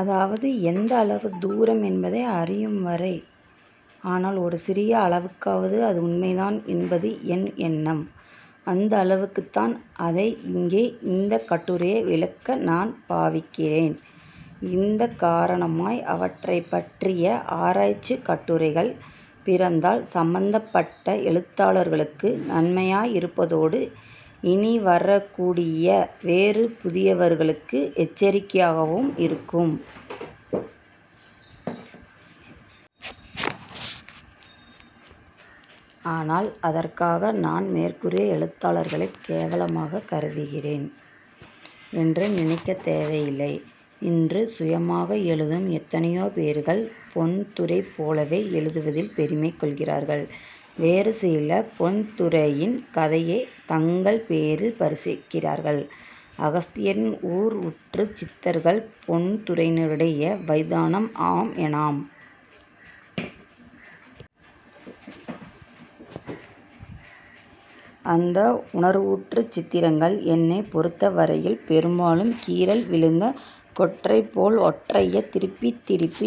அதாவது, எந்தளவு தூரம் என்பதை அறியும்வரை. ஆனால் ஒரு சிறிய அளவுக்காவது அது உண்மைதான் என்பது என் எண்ணம். அந்தளவுக்குத் தான் அதை இங்கே இந்தக் கட்டுரையை விளக்க நான் பாவிக்கிறேன். இந்த காரணமாய் அவற்றைப்பற்றிய ஆராய்ச்சிக் கட்டுரைகள் பிறந்தால் சம்பந்தப்பட்ட எழுத்தாளர்களுக்கு நன்மையாய் இருப்பதோடு இனி வரக்கூடிய வேறு புதியவர்களுக்கு எச்சரிக்கையாகவும் இருக்கும். ஆனால், அதற்காக நான் மேற்கூறிய எழுத்தாளர்களைக் கேவலமாகக் கருதுகிறேன் என்று நினைக்கத் தேவையில்லை. இன்று சுயமாக எழுதும் எத்தனையோ பேர்கள் பொன்னுத்துரை போலவே எழுதுவதில் பெருமை கொள்கிறார்கள். வேறு சிலர் பொன்னுத்துரையின் கதையே தங்கள் பெயரில் பிரசுரிக்கிறார்கள். அகஸ்தியரின் 'உணர்வூற்றுச் சித்திரங்கள்' பொன்னுத்துரையினுடையவைதானாம். ஆமாம், 'னாம். ' அந்த 'உணர்வூற்றுச் சித்திரங்கள் 'என்னைப் பொருத்தவரையில், பெரும்பாலும் கீறல் விழுந்த கொற்றைபோல் ஒற்றையே திருப்பித் திருப்பி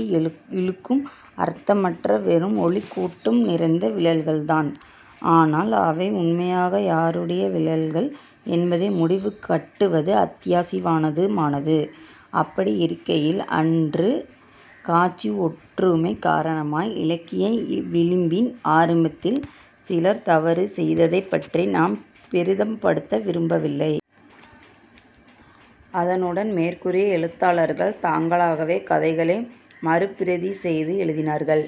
இழுக்கும் அர்த்தமற்ற வெறும் ஒலிக்கூட்டம் நிறைந்த விழல்கள்தான். ஆனால் அவை உண்மையாக யாருடைய விழல்கள் என்பதை முடிவு கட்டுவது அத்தியாவசியமானது. அப்படியிருக்கையில் அன்று கட்சி ஒன்றுமை காரணமாய், இலக்கிய விழிம்பின் ஆரம்பத்தில் சிலர் தவறு செய்ததைப்பற்றி நாம் பெரிதுபடுத்த விரும்பவில்லை. அதனுடன், மேற்கூறிய எழுத்தாளர்கள் தாங்களாகவே கதைகளை மறுபிரதி செய்து எழுதினார்கள்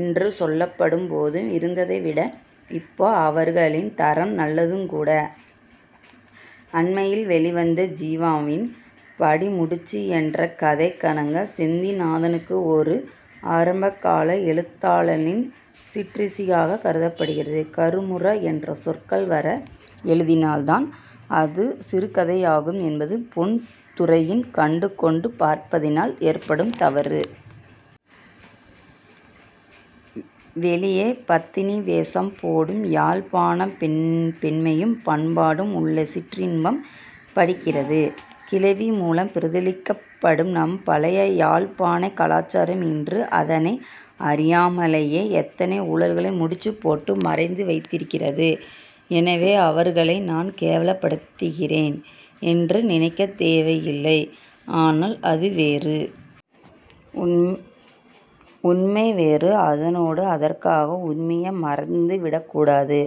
என்று சொல்லப்படும்போது இருந்ததைவிட, இப்போ அவர்களின் தரம் நல்லதுங்கூட. அண்மையில் வெளிவந்த ஜீவாவின் 'படுமுடிச்சு' என்ற கதை கனக செந்திநாதனுக்கு ஓரு ஆரம்பகால எழுத்தாளனின் சிற்றிசியாகப் படுகிறது. 'கறுமுறா' என்ற சொற்கள் வர எழுதினால்தான் அது சிறுகதையாகும் என்பது பொன்னுத்துரையின் கண்கொண்டு பார்ப்பதினால் ஏற்படும் தவறு. வெளியே பத்தினி வேசம் போடும் யாழ்ப்பாணப் பெண்மையும் பண்பாடும் உள்ளே 'சிற்றின்பம்' படிக்கிறது. கிழவி மூலம் பிரதிபலிக்கப்படும் நம் பழைய யாழ்ப்பாணக் கலாச்சாரம் இன்று அதனை அறியாமலேயே எத்தனை ஊழல்களை முடிச்சுப்போட்டு மறைந்து வைத்திருக்கிறது. எனவே, அவர்களை நான் கேவலப்படுத்துகிறேன் என்று நினைக்கத் தோன்றவில்லை. ஆனால் அது வேறு. உண்மை வேறு.அதனோடு அதற்காக உண்மையை மறைத்துவிடவுங் கூடாது,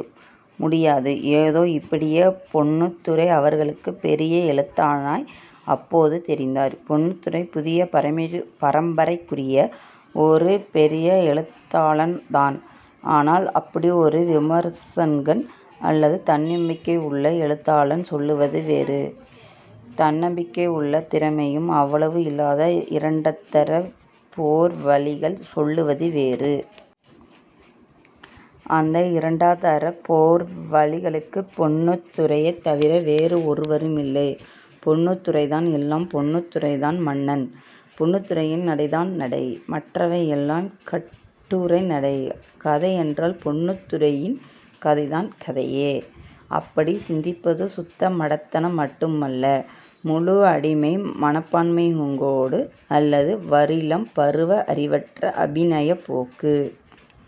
முடியாது. ஏதோ, எப்படியோ பொன்னுத்துரை அவர்களுக்குப் பெரிய எழுத்தாளனாய் அப்போது தெரிந்தார். பொன்னத்துரை புதிய பரம்பரைக்குரிய ஓரு பெரிய எழுத்தாளன்தான். ஆனால் அப்படி ஒரு விமர்சகன் அல்லது தன்னம்பிக்கையுள்ள எழுத்தாளன் சொல்வது வேறு, தன்னம்பிக்கையுள்ள திறமையும் அவ்வளவு இல்லாத இரண்டத்தரப் போர்வழிகள் சொல்வது வேறு. இந்த இரண்டாந்தரப் போர்வழிகளுக்கு பொன்னுத்துரையைத் தவிர வேறு ஒருவரும் இல்லை. பொன்னுத்துரைதான் எல்லாம். பொன்னுத்துரைதான் மன்னன். பொன்னுத்துரையின் நடைதான் நடை. மற்றவை எல்லாம் கட்டுரை நடை. கதையென்றால் பொன்னுத்துரையின் கதைதான் கதை! அப்படிச் சிந்திப்பது சுத்த மடத்தனம் மட்டுமல்ல, முழு அடிமை மனப்பான்மையுங்கூட, அல்லது வளரிளம் பருவ அறிவற்ற அபிநயப்போக்கு.